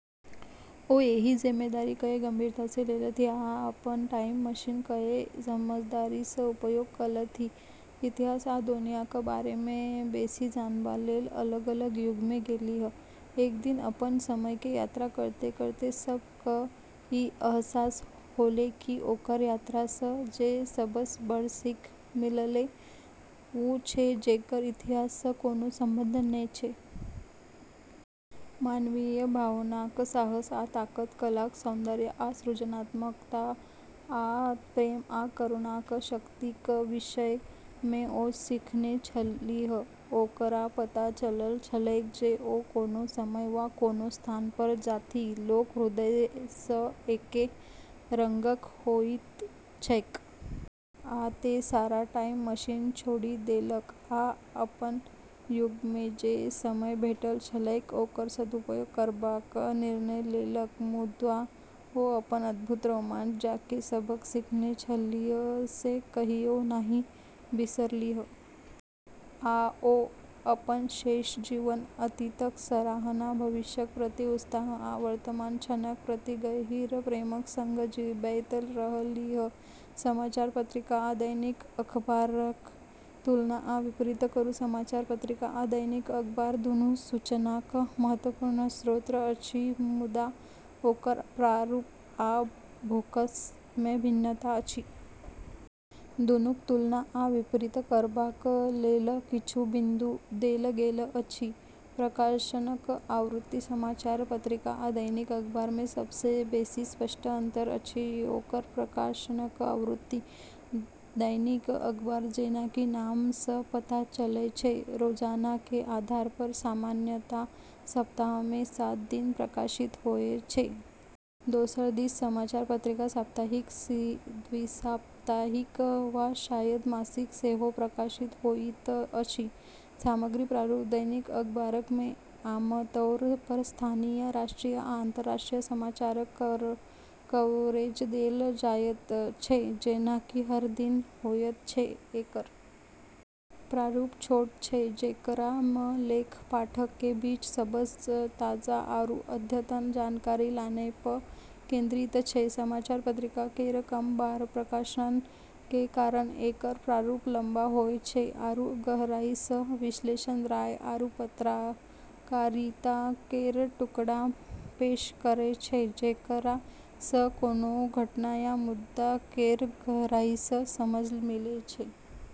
ओ एहि जिम्मेदारी कए गंभीरता स लेलथि आ अपन टाइम मशीन कए समझदारी स उपयोग केलथि, इतिहास आ दुनिया क बारे मे बेसी जानबा लेल अलग-अलग युग मे गेलीह। एक दिन अपनऽ समय के यात्रा करते-करते सभ कऽ ई अहसास होलै कि ओकरऽ यात्रा सऽ जे सबसऽ बड़ऽ सीख मिललै, वू छै जेकरऽ इतिहास सऽ कोनो संबंध नै छै। मानवीय भावनाक साहस आ ताकत, कलाक सौन्दर्य आ सृजनात्मकता, आ प्रेम आ करुणाक शक्तिक विषय मे ओ सीखने छलीह। ओकरा पता चलल छलैक जे ओ कोनो समय वा कोनो स्थान पर जाथि, लोक हृदय सँ एके रंगक होइत छैक। आ तें, सारा टाइम मशीन छोड़ि देलक आ अपन युग मे जे समय भेटल छलैक ओकर सदुपयोग करबाक निर्णय लेलक। मुदा ओ अपन अद्भुत रोमांच, आ जे सबक सीखने छलीह से कहियो नहि बिसरलीह। आ ओ अपन शेष जीवन अतीतक सराहना, भविष्यक प्रति उत्साह, आ वर्तमान क्षणक प्रति गहींर प्रेमक संग जीबैत रहलीह। समाचार पत्रिका आ दैनिक अखबारक तुलना आ विपरीत करू। समाचार पत्रिका आ दैनिक अखबार दुनू सूचनाक महत्वपूर्ण स्रोत अछि मुदा ओकर प्रारूप आ फोकस मे भिन्नता अछि। दुनूक तुलना आ विपरीत करबाक लेल किछु बिन्दु देल गेल अछि। प्रकाशनक आवृत्ति: समाचार पत्रिका आ दैनिक अखबार मे सबसँ बेसी स्पष्ट अंतर अछि ओकर प्रकाशनक आवृत्ति। दैनिक अखबार, जेना कि नाम सं पता चलै छै, रोजाना के आधार पर, सामान्यतः सप्ताह में सात दिन प्रकाशित होय छै। दोसर दिस समाचार पत्रिका साप्ताहिक, द्विसाप्ताहिक, वा शायद मासिक सेहो प्रकाशित होइत अछि। सामग्री प्रारूप: दैनिक अखबारक मे आमतौर पर स्थानीय, राष्ट्रीय आ अंतर्राष्ट्रीय समाचारक कवरेज देल जायत छै जेना कि हर दिन होयत छै ।एकरऽ प्रारूप छोटऽ छै, जेकरा मऽ लेख पाठकऽ के बीच सबसऽ ताजा आरू अद्यतन जानकारी लानै पऽ केंद्रित छै। समाचार पत्रिका केरऽ कम बार प्रकाशन के कारण एकरऽ प्रारूप लम्बा होय छै आरू गहराई सऽ विश्लेषण, राय, आरू पत्रकारिता केरऽ टुकड़ा पेश करै छै जेकरा सऽ कोनो घटना या मुद्दा केरऽ गहराई सऽ समझ मिलै छै।